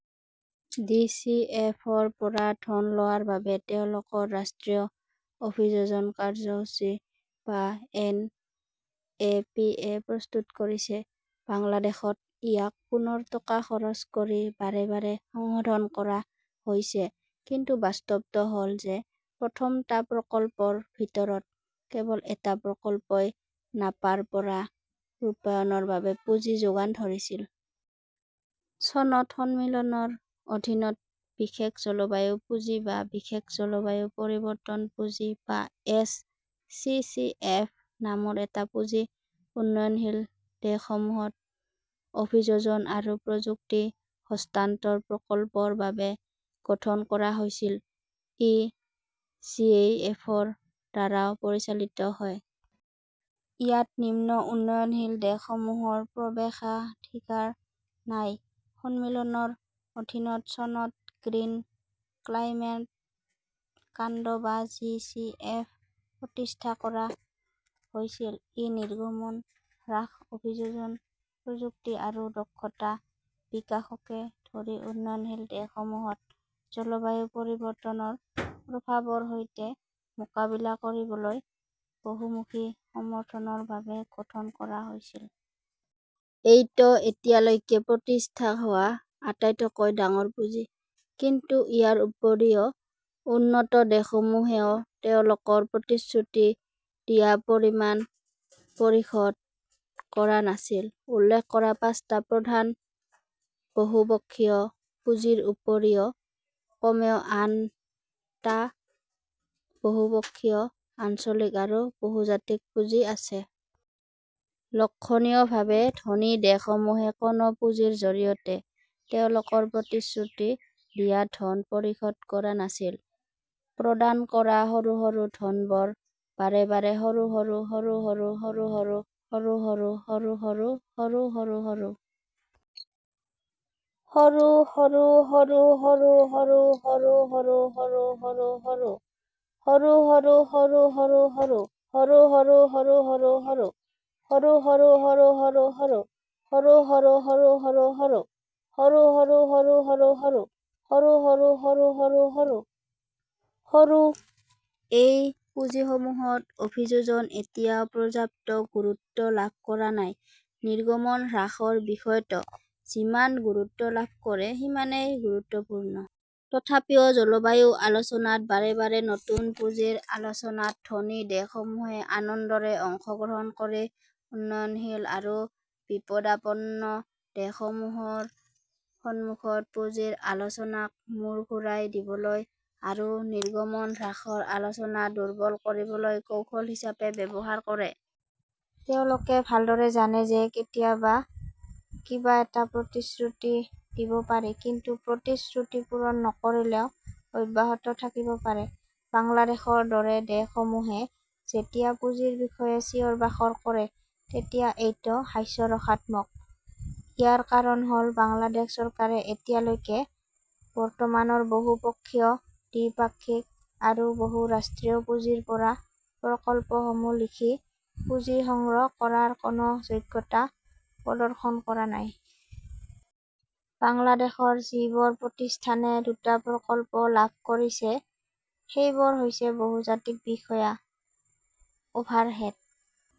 D. C. F. -ৰ পৰা ধন লোৱাৰ বাবে তেওঁলোকৰ ৰাষ্ট্ৰীয় অভিযোজন কাৰ্যসূচী বা এন. এ. পি. এ. প্ৰস্তুত কৰিছে। বাংলাদেশত ইয়াক পুনৰ টকা খৰচ কৰি বাৰে বাৰে সংশোধন কৰা হৈছে। কিন্তু বাস্তৱটো হ "ল যে প্ৰথম টা প্ৰকল্পৰ ভিতৰত কেৱল এটা প্ৰকল্পই নাপাৰ পৰা ৰূপায়ণৰ বাবে পুঁজি যোগান ধৰিছিল। চনত সন্মিলনৰ অধীনত বিশেষ জলবায়ু পুঁজি বা বিশেষ জলবায়ু পৰিৱৰ্তন পুঁজি বা এছ. চি. চি. এফ. নামৰ এটা পুঁজি উন্নয়নশীল দেশসমূহত অভিযোজন আৰু প্ৰযুক্তি হস্তান্তৰ প্ৰকল্পৰ বাবে গঠন কৰা হৈছিল। ই জিইএফৰ দ্বাৰাও পৰিচালিত হয়। ইয়াত নিম্ন উন্নয়নশীল দেশসমূহৰ প্ৰৱেশাধিকাৰ নাই। সন্মিলনৰ অধীনত চনত গ্ৰীণ ক্লাইমেট ফাণ্ড বা জি. চি. এফ. প্ৰতিষ্ঠা কৰা হৈছিল। ই নিৰ্গমন হ্ৰাস, অভিযোজন, প্ৰযুক্তি আৰু দক্ষতা বিকাশকে ধৰি উন্নয়নশীল দেশসমূহত জলবায়ু পৰিৱৰ্তনৰ প্ৰভাৱৰ সৈতে মোকাবিলা কৰিবলৈ বহুমুখী সমৰ্থনৰ বাবে গঠন কৰা হৈছিল। এইটো এতিয়ালৈকে প্ৰতিষ্ঠা হোৱা আটাইতকৈ ডাঙৰ পুঁজি। কিন্তু ইয়াৰ উপৰিও উন্নত দেশসমূহেও তেওঁলোকৰ প্ৰতিশ্ৰুতি দিয়া পৰিমাণ পৰিশোধ কৰা নাছিল। উল্লেখ কৰা পাঁচটা প্ৰধান বহুপক্ষীয় পুঁজিৰ উপৰিও কমেও আন টা বহুপক্ষীয়, আঞ্চলিক আৰু বহুজাতিক পুঁজি আছে। লক্ষণীয়ভাৱে, ধনী দেশসমূহে কোনো পুঁজিৰ জৰিয়তে তেওঁলোকৰ প্ৰতিশ্ৰুতি দিয়া ধন পৰিশোধ কৰা নাছিল। প্ৰদান কৰা সৰু সৰু ধনবোৰ বাৰে বাৰে সৰু সৰু সৰু সৰু সৰু সৰু সৰু সৰু সৰু সৰু সৰু সৰু সৰু সৰু সৰু সৰু সৰু সৰু সৰু সৰু সৰু সৰু সৰু সৰু সৰু সৰু সৰু সৰু সৰু সৰু সৰু সৰু সৰু সৰু সৰু সৰু সৰু সৰু সৰু সৰু সৰু সৰু সৰু সৰু সৰু সৰু সৰু সৰু সৰু সৰু সৰু সৰু সৰু সৰু এই পুঁজিসমূহত অভিযোজন এতিয়াও পৰ্যাপ্ত গুৰুত্ব লাভ কৰা নাই, নিৰ্গমন হ্ৰাসৰ বিষয়টো যিমান গুৰুত্ব লাভ কৰে সিমানেই গুৰুত্বপূৰ্ণ। তথাপিও জলবায়ু আলোচনাত বাৰে বাৰে নতুন পুঁজিৰ আলোচনাত ধনী দেশসমূহে আনন্দৰে অংশগ্ৰহণ কৰি উন্নয়নশীল আৰু বিপদাপন্ন দেশসমূহৰ সন্মুখত পুঁজিৰ আলোচনাক মূৰ ঘূৰাই দিবলৈ আৰু নিৰ্গমন হ্ৰাসৰ আলোচনা দুৰ্বল কৰিবলৈ কৌশল হিচাপে ব্যৱহাৰ কৰে। তেওঁলোকে ভালদৰে জানে যে কেতিয়াবা কিবা এটা প্ৰতিশ্ৰুতি দিব পাৰি, কিন্তু প্ৰতিশ্ৰুতি পূৰণ নকৰিলেও অব্যাহত থাকিব পাৰে। বাংলাদেশৰ দৰে দেশসমূহে যেতিয়া পুঁজিৰ বিষয়ে চিঞৰ-বাখৰ কৰে তেতিয়া এইটো হাস্যৰসাত্মক। ইয়াৰ কাৰণ হ "ল বাংলাদেশ চৰকাৰে এতিয়ালৈকে বৰ্তমানৰ বহু-পক্ষীয়, দ্বিপাক্ষিক আৰু বহু-ৰাষ্ট্ৰীয় পুঁজিৰ পৰা প্ৰকল্পসমূহ লিখি পুঁজি সংগ্ৰহ কৰাৰ কোনো যোগ্যতা প্ৰদৰ্শন কৰা নাই। বাংলাদেশৰ যিবোৰ প্ৰতিষ্ঠানে দুটা প্ৰকল্প লাভ কৰিছে সেইবোৰ হৈছে বহুজাতিক বিষয়া, অভাৰহেড,